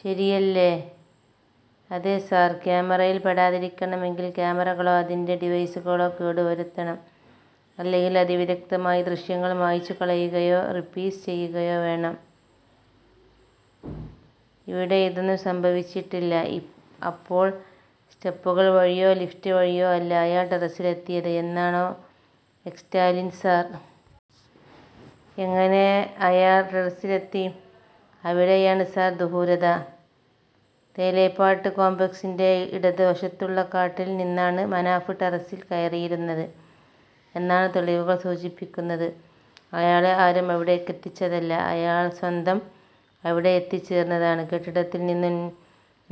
ശരിയല്ലേ? " "അതെ സർ. ക്യാമറയിൽ പെടാതിരിക്കണമെങ്കിൽ ക്യാമറകളോ അതിന്റെ ഡിവൈസുകളോ കേടു വരുത്തണം. അല്ലെങ്കിൽ അതിവിദഗ്ധമായി ദൃശ്യങ്ങൾ മായ്ച്ചു കളയുകയോ, റീപ്ലേസ് ചെയ്യുകയോ വേണം. ഇവിടെ ഇതൊന്നും സംഭവിച്ചിട്ടില്ല. " "അപ്പോൾ സ്റ്റെപ്പുകൾ വഴിയോ ലിഫ്റ്റ് വഴിയോ അല്ല അയാൾ ടെറസിലെത്തിയത് എന്നാണോ...? " "എക്സാക്റ്റ്ലി സർ...! " "എങ്ങനെ അയാൾ ടെറസിലെത്തി? " "അവിടെയാണ് സർ ദുരൂഹത. 'തേലേപ്പാട്ട് കോംപ്ലക്സി'ന്റെ ഇടത് വശത്തുള്ള കാട്ടിൽ നിന്നാണ് മനാഫ് ടെറസിൽ കയറിയിരിക്കുന്നത് എന്നാണ് തെളിവുകൾ സൂചിപ്പിക്കുന്നത്. അയാളെ ആരും അവിടേക്കെത്തിച്ചതല്ല. അയാൾ സ്വയം അവിടെ എത്തിച്ചേർന്നതാണ്. കെട്ടിടത്തിൽ നിന്നും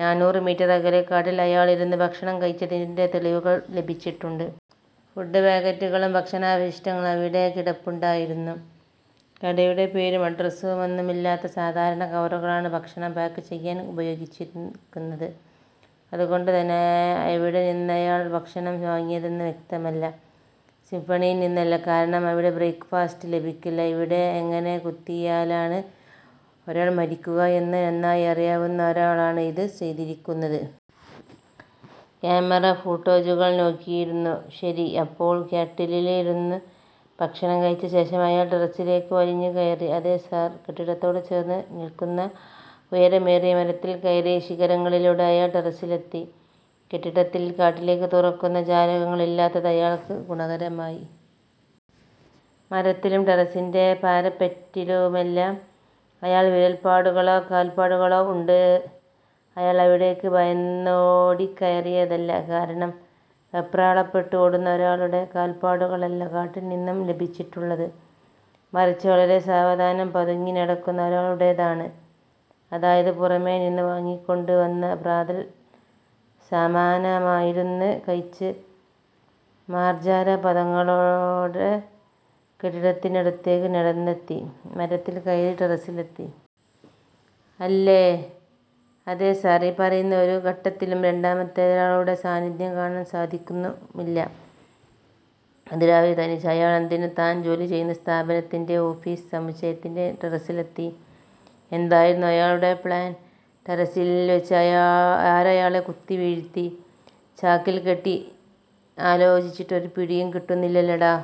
നാനൂറ് മീറ്റർ അകലെ കാട്ടിൽ അയാളിരുന്ന് ഭക്ഷണം കഴിച്ചതിന്റെ തെളിവുകൾ ലഭിച്ചിട്ടുണ്ട്. ഫുഡ് പാക്കറ്റുകളും, ഭക്ഷണാവശിഷ്ടങ്ങളും അവിടെ കിടപ്പുണ്ടായിരുന്നു. കടയുടെ പേരും അഡ്രസുമൊന്നുമില്ലാത്ത സാധാരണ കവറുകളാണ് ഭക്ഷണം പാക്ക് ചെയ്യാൻ ഉപയോഗിച്ചിരിക്കുന്നത്. അതുകൊണ്ടു തന്നെ എവിടെ നിന്നാണയാൾ ഭക്ഷണം വാങ്ങിയതെന്ന് വ്യക്തമല്ല. സിംഫണിയിൽ നിന്നല്ല. കാരണം അവിടെ ബ്രേക്ക് ഫാസ്റ്റ് ലഭിക്കില്ല. " 'എവിടെ, എങ്ങനെ കുത്തിയാലാണ് ഒരാൾ മരിക്കുക എന്ന് നന്നായറിയാവുന്ന ഒരാളാണ് ഇത് ചെയ്തിരിക്കുന്നത്... ക്യാമറാ ഫൂട്ടേജുകൾ നോക്കിയിരുന്നു. " "ശരി. അപ്പോൾ കാട്ടിലിരുന്ന് ഭക്ഷണം കഴിച്ച ശേഷം അയാൾ ടെറസിലേക്ക് വലിഞ്ഞു കയറി. " "അതെ സർ. കെട്ടിടത്തോട് ചേർന്ന് നിൽക്കുന്ന ഉയരമേറിയ മരത്തിൽ കയറി ശിഖരങ്ങളിലൂടെ അയാൾ ടെറസിലെത്തി. കെട്ടിടത്തിൽ കാട്ടിലേക്ക് തുറക്കുന്ന ജാലകങ്ങൾ ഇല്ലാത്തത് അയാൾക്ക് ഗുണകരമായി. മരത്തിലും ടെറസിന്റെ പാരപ്പറ്റിലുമെല്ലാം അയാളുടെ വിരൽപ്പാടുകളോ കാൽപ്പാടുകളോ ഉണ്ട്. അയാൾ അവിടേക്ക് ഭയന്നോടിക്കയറിയതല്ല. കാരണം വെപ്രാളപ്പെട്ട് ഓടുന്ന ഒരാളുടെ കാൽപ്പാടുകളല്ല കാട്ടിൽ നിന്നും ലഭിച്ചിട്ടുള്ളത്. മറിച്ച് വളരെ സാവധാനം പതുങ്ങി നടക്കുന്ന ഒരാളുടേതാണ്. " "അതായത് പുറമേ നിന്ന് വാങ്ങിക്കൊണ്ട് വന്ന പ്രാതൽ സമാധാനമായിരുന്ന് കഴിച്ച്, മാർജാര പാദങ്ങളോടെ കെട്ടിടത്തിനടുത്തേക്ക് നടന്നെത്തി, മരത്തിൽ കയറി ടെറസിലെത്തി. അല്ലേ? " "അതെ സർ. ഈ പറയുന്ന ഒരു ഘട്ടത്തിലും രണ്ടാമതൊരാളുടെ സാന്നിധ്യം കാണാൻ സാധിക്കുന്നുമില്ല. " "അതിരാവിലെ, തനിച്ച് അയാളെന്തിന് താൻ ജോലി ചെയ്യുന്ന സ്ഥാപനത്തിന്റെ ഓഫീസ് സമുച്ചയത്തിന്റെ ടെറസിലെത്തി? എന്തായിരുന്നു അയാളുടെ പ്ലാൻ? ടെറസിൽ വെച്ച് ആരയാളെ കുത്തി വീഴ്ത്തി? ചാക്കിൽക്കെട്ടി? ആലോചിച്ചിട്ട് ഒരു പിടിയും കിട്ടുന്നില്ലല്ലോടോ...